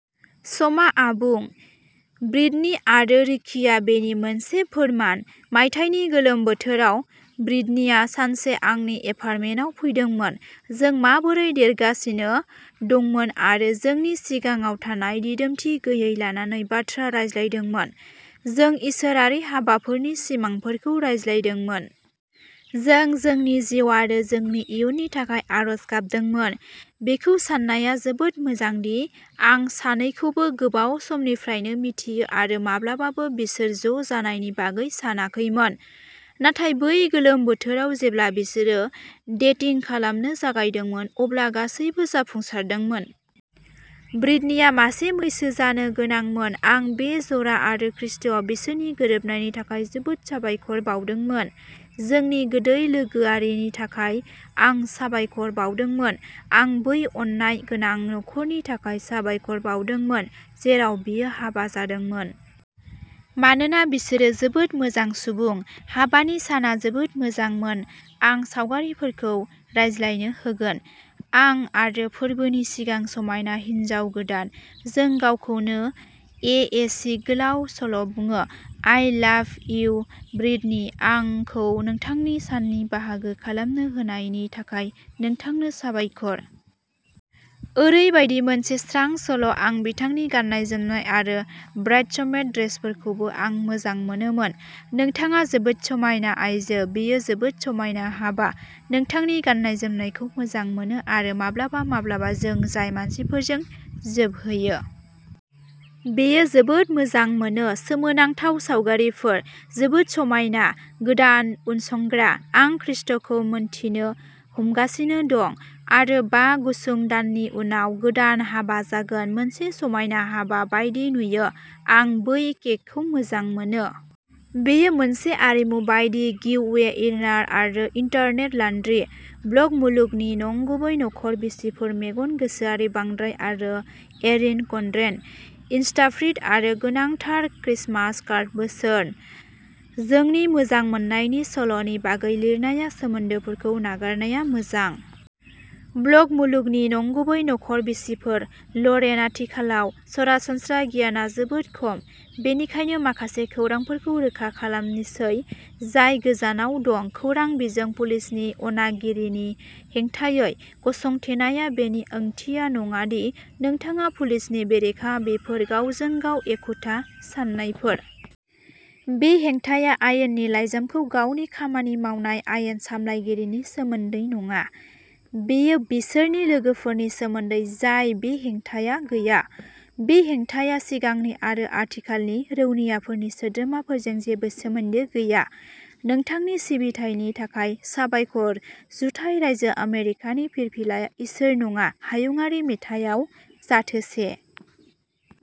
समआ आबुं। ब्रिटनी आरो रिकीआ बेनि मोनसे फोरमान। मायथाइनि गोलोम बोथोराव ब्रिटनीआ सानसे आंनि एपारटमेनटआव फैदोंमोन। जों माबोरै देरगासिनो दंमोन आरो जोंनि सिगाङाव थानाय दिदोमथि गैयैखौ लानानै बाथ्रा रायज्लायदोंमोन। जों इसोरारि हाबाफोरनि सिमांफोरखौ रानलायदोंमोन। जों जोंनि जिउ आरो जोंनि इयुननि थाखाय आरज गाबदोंमोन। बेखौ साननाया जोबोद मोजां दि आं सानैखौबो गोबाव समनिफ्रायनो मिथियो आरो माब्लाबाबो बिसोर ज'जानायनि बागै सानाखैमोन। नाथाय बै गोलोम बोथोराव जेब्ला बिसोरो डेटिं खालामनो जागायदोंमोन, अब्ला गासैबो जाफुंसारदोंमोन। ब्रिटनीआ मासे मैसो जानो गोनांमोन। आं बे जरा आरो खृष्टआव बिसोरनि गोरोबनायनि थाखाय जोबोद साबायखर बावदोंमोन। जोंनि गोदै लोगोआरिनि थाखाय आं साबायखर बावदोंमोन। आं बै अननाय गोनां नखरनि थाखाय साबायखर बावदोंमोन, जेराव बियो हाबा जादोंमोन। मानोना बिसोरो जोबोद मोजां सुबुं। हाबानि साना जोबोद मोजांमोन। आं सावगारिफोरखौ रायज्लायनो होगोन। आं आरो फोरबोनि सिगां समायना हिन्जाव गोदान। जों गावखौनो ए एस सी गोलाव सल' बुङो। आइ लाभ इउ, ब्रिटनी, आंखौ नोंथांनि साननि बाहागो खालामनो होनायनि थाखाय नोंथांनो साबायखर। ओरैबायदि मोनसे स्रां सल'। आं बिथांनि गाननाय जोमनाय आरो ब्राइडसमेइड ड्रेसफोरखौबो मोजां मोनोमोन। नोंथाङा जोबोद समायना आइजो। बेयो जोबोद समायना हाबा। नोंथांनि गाननाय जोमनायखौ मोजां मोनो आरो माब्लाबा माब्लाबा जों जाय मानसिफोरजों जोबहैयो। बेयो जोबोद मोजां मोनो। सोमोनांथाव सावगारिफोर, जोबोद समायना, गोदान उनसंग्रा। आं खृष्टखौ मिनथिनो हमगासिनो दं आरो बा गुसुं दाननि उनाव गोदान हाबा जागोन। मोनसे समायना हाबा बायदि नुयो। आं बै केकखौ मोजां मोनो। बेयो मोनसे आरिमु बायदि गिवअवे विनार आरो इनटारनेट लानड्री। ब्लग मुलुगनि नंगुबै नखर बिसिफोर मेगन गोसोआरि बांद्राय आरो एरिन कनड्रेन। इनस्टाफ्रिड आरो गोनांथार क्रिसमास कार्ड बोसोन। जोंनि मोजां मोननायनि सल'नि बागै लिरनाया। सोमोन्दोफोरखौ नागारनाया मोजां। ब्लग मुलुगनि नंगुबै नखर बिसिफोर लरेन। आथिखालाव सरासनस्रा गियानआ जोबोद खम। बेनिखायनो माखासे खौरांफोरखौ रोखा खालामनिसै जाय गोजावना दं। खौरां बिजों। पुलिसनि अनागारिनि हेंथायै गसंथेनाया बेनि ओंथिया नङा दि नोंथाङा पुलिसनि बेरेखा। बेफोर गावजों-गाव एखुथा साननायफोर। बे हेंथाया आयेननि लाइजामखौ गावनि खामानि मावनाय आयेन सामलायगिरिनि सोमोन्दै नङा। बेयो बिसोरनि लोगोफोरनि सोमोन्दै जाय बे हेंथाया गैया। बे हेंथाया सिगांनि आरो आथिखालनि रौनियाफोरनि सोद्रोमाफोरजों जेबो सोमोन्दो गैया। नोंथांनि सिबिथायनि थाखाय साबायखर। जुथाइ रायजो आमेरिकानि फिरफिलाया इसोर नङा। हायुंआरि मेथाइयाव जाथोसे